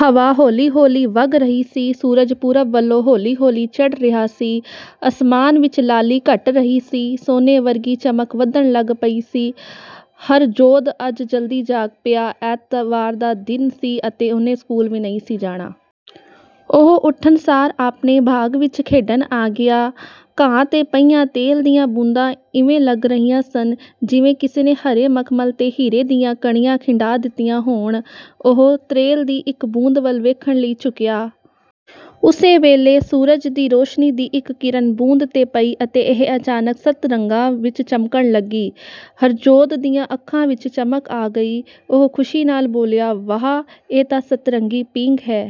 ਹਵਾ ਹੌਲੀ ਹੌਲੀ ਵਗ ਰਹੀ ਸੀ। ਸੂਰਜ ਪੂਰਬ ਵੱਲੋਂ ਹੌਲੀ-ਹੌਲੀ ਚੜ੍ਹ ਰਿਹਾ ਸੀ। ਅਸਮਾਨ ਵਿੱਚ ਲਾਲੀ ਘਟ ਰਹੀ ਸੀ, ਸੋਨੇ ਵਰਗੀ ਚਮਕ ਵੱਧਣ ਲੱਗ ਪਈ ਸੀ। ਹਰਜੋਧ ਅੱਜ ਜਲਦੀ ਜਾਗ ਪਿਆ। ਐਤਵਾਰ ਦਾ ਦਿਨ ਸੀ ਅਤੇ ਉਹਨੇ ਸਕੂਲ ਵੀ ਨਹੀਂ ਸੀ ਜਾਣਾ। ਉਹ ਉੱਠਣਸਾਰ ਆਪਣੇ ਬਾਗ਼ ਵਿੱਚ ਖੇਡਣ ਆ ਗਿਆ। ਘਾਹ 'ਤੇ ਪਈਆਂ ਤ੍ਰੇਲ ਦੀਆਂ ਬੂੰਦਾਂ ਇੰਞ ਲੱਗ ਰਹੀਆਂ ਸਨ, ਜਿਵੇਂ ਕਿਸੇ ਨੇ ਹਰੇ ਮਖਮਲ 'ਤੇ ਹੀਰੇ ਦੀਆਂ ਕਣੀਆਂ ਖਿੰਡਾ ਦਿੱਤੀਆਂ ਹੋਣ। ਉਹ ਤ੍ਰੇਲ ਦੀ ਇੱਕ ਬੂੰਦ ਵੱਲ ਵੇਖਣ ਲਈ ਝੁਕਿਆ। ਉਸੇ ਵੇਲੇ, ਸੂਰਜ ਦੀ ਰੌਸ਼ਨੀ ਦੀ ਇੱਕ ਕਿਰਨ ਬੂੰਦ 'ਤੇ ਪਈ ਅਤੇ ਇਹ ਅਚਾਨਕ ਸੱਤ ਰੰਗਾਂ ਵਿੱਚ ਚਮਕਣ ਲੱਗੀ। ਹਰਜੋਧ ਦੀਆਂ ਅੱਖਾਂ ਵਿੱਚ ਚਮਕ ਆ ਗਈ। ਉਹ ਖੁਸ਼ੀ ਨਾਲ ਬੋਲਿਆ "ਵਾਹ! ਇਹ ਤਾਂ ਸਤਰੰਗੀ ਪੀਂਘ ਹੈ।"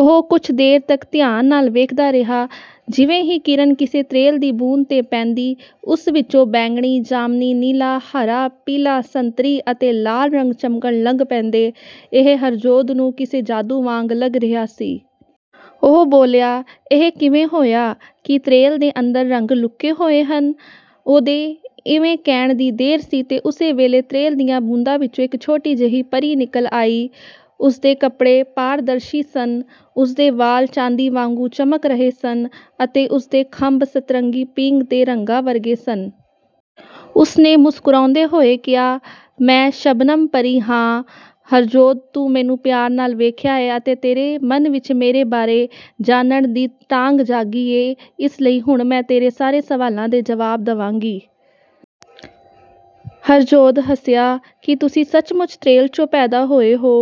ਉਹ ਕੁਝ ਦੇਰ ਤੱਕ ਧਿਆਨ ਨਾਲ ਵੇਖਦਾ ਰਿਹਾ। ਜਿਵੇਂ ਹੀ ਕਿਰਨ ਕਿਸੇ ਤ੍ਰੇਲ ਦੀ ਬੂੰਦ 'ਤੇ ਪੈਂਦੀ, ਉਸ ਵਿੱਚੋਂ ਬੈਂਗਣੀ, ਜਾਮਨੀ, ਨੀਲਾ, ਹਰਾ, ਪੀਲਾ, ਸੰਤਰੀ ਅਤੇ ਲਾਲ ਰੰਗ ਚਮਕਣ ਲੱਗ ਪੈਂਦੇ। ਇਹ ਹਰਜੋਧ ਨੂੰ ਕਿਸੇ ਜਾਦੂ ਵਾਂਗ ਲੱਗ ਰਿਹਾ ਸੀ। ਉਹ ਬੋਲਿਆ, "ਇਹ ਕਿਵੇਂ ਹੋਇਆ, ਕੀ ਤ੍ਰੇਲ ਦੇ ਅੰਦਰ ਰੰਗ ਲੁਕੇ ਹੋਏ ਹਨ?" ਉਹਦੇ ਇੰਞ ਕਹਿਣ ਦੀ ਦੇਰ ਸੀ ਤੇ ਉਸੇ ਵੇਲੇ ਤ੍ਰੇਲ ਦੀਆਂ ਬੂੰਦਾਂ ਵਿੱਚੋਂ ਇੱਕ ਛੋਟੀ ਜਿਹੀ ਪਰੀ ਨਿਕਲ ਆਈ। ਉਸਦੇ ਕੱਪੜੇ ਪਾਰਦਰਸ਼ੀ ਸਨ, ਉਸਦੇ ਵਾਲ ਚਾਂਦੀ ਵਾਂਗੂੰ ਚਮਕ ਰਹੇ ਸਨ, ਅਤੇ ਉਸਦੇ ਖੰਭ ਸਤਰੰਗੀ ਪੀਂਘ ਦੇ ਰੰਗਾਂ ਵਰਗੇ ਸਨ। ਉਸਨੇ ਮੁਸਕਰਾਉਂਦੇ ਹੋਏ ਕਿਹਾ, "ਮੈਂ ਸ਼ਬਨਮ ਪਰੀ ਹਾਂ। ਹਰਜੋਧ ਤੂੰ ਮੈਨੂੰ ਪਿਆਰ ਨਾਲ ਵੇਖਿਆ ਏ ਅਤੇ ਤੇਰੇ ਮਨ ਵਿੱਚ ਮੇਰੇ ਬਾਰੇ ਜਾਨਣ ਦੀ ਤਾਂਘ ਜਾਗੀ ਏ, ਇਸ ਲਈ ਹੁਣ ਮੈਂ ਤੇਰੇ ਸਾਰੇ ਸਵਾਲਾਂ ਦੇ ਜਵਾਬ ਦੇਵਾਂਗੀ।" ਹਰਜੋਧ ਹੱਸਿਆ, "ਕੀ ਤੁਸੀਂ ਸੱਚਮੁੱਚ ਤ੍ਰੇਲ 'ਚੋਂ ਪੈਦਾ ਹੋਏ ਹੋ?"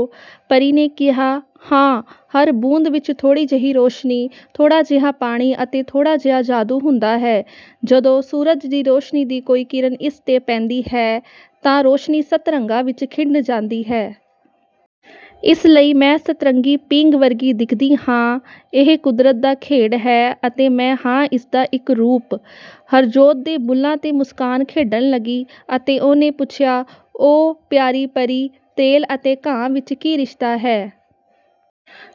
ਪਰੀ ਨੇ ਕਿਹਾ, "ਹਾਂ, ਹਰ ਬੂੰਦ ਵਿੱਚ ਥੋੜ੍ਹੀ ਜਿਹੀ ਰੌਸ਼ਨੀ, ਥੋੜ੍ਹਾ ਜਿਹਾ ਪਾਣੀ ਅਤੇ ਥੋੜ੍ਹਾ ਜਿਹਾ ਜਾਦੂ ਹੁੰਦਾ ਹੈ। ਜਦੋਂ ਸੂਰਜ ਦੀ ਰੌਸ਼ਨੀ ਦੀ ਕੋਈ ਕਿਰਨ ਇਸ 'ਤੇ ਪੈਂਦੀ ਹੈ, ਤਾਂ ਰੌਸ਼ਨੀ ਸੱਤ ਰੰਗਾਂ ਵਿੱਚ ਖਿੰਡ ਜਾਂਦੀ ਹੈ। ਇਸ ਲਈ ਮੈਂ ਸਤਰੰਗੀ ਪੀਂਘ ਵਰਗੀ ਦਿਖਦੀ ਹਾਂ ਇਹ ਕੁਦਰਤ ਦਾ ਖੇਡ ਹੈ, ਅਤੇ ਮੈਂ ਹਾਂ ਇਸਦਾ ਇੱਕ ਰੂਪ।" ਹਰਜੋਧ ਦੇ ਬੁੱਲ੍ਹਾਂ 'ਤੇ ਮੁਸਕਾਨ ਖੇਡਣ ਲੱਗੀ, ਅਤੇ ਉਹਨੇ ਪੁੱਛਿਆ, "ਓ, ਪਿਆਰੀ ਪਰੀ, ਤ੍ਰੇਲ ਅਤੇ ਘਾਹ ਵਿੱਚ ਕੀ ਰਿਸ਼ਤਾ ਹੈ?"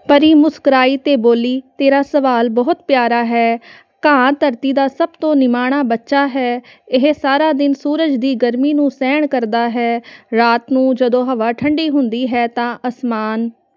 ਪਰੀ ਮੁਸਕਰਾਈ ਤੇ ਬੋਲੀ, "ਤੇਰਾ ਸਵਾਲ ਬਹੁਤ ਪਿਆਰਾ ਹੈ। ਘਾਹ ਧਰਤੀ ਦਾ ਸਭ ਤੋਂ ਨਿਮਾਣਾ ਬੱਚਾ ਹੈ। ਇਹ ਸਾਰਾ ਦਿਨ ਸੂਰਜ ਦੀ ਗਰਮੀ ਨੂੰ ਸਹਿਣ ਕਰਦਾ ਹੈ, ਰਾਤ ਨੂੰ, ਜਦੋਂ ਹਵਾ ਠੰਢੀ ਹੁੰਦੀ ਹੈ ਤਾਂ ਅਸਮਾਨ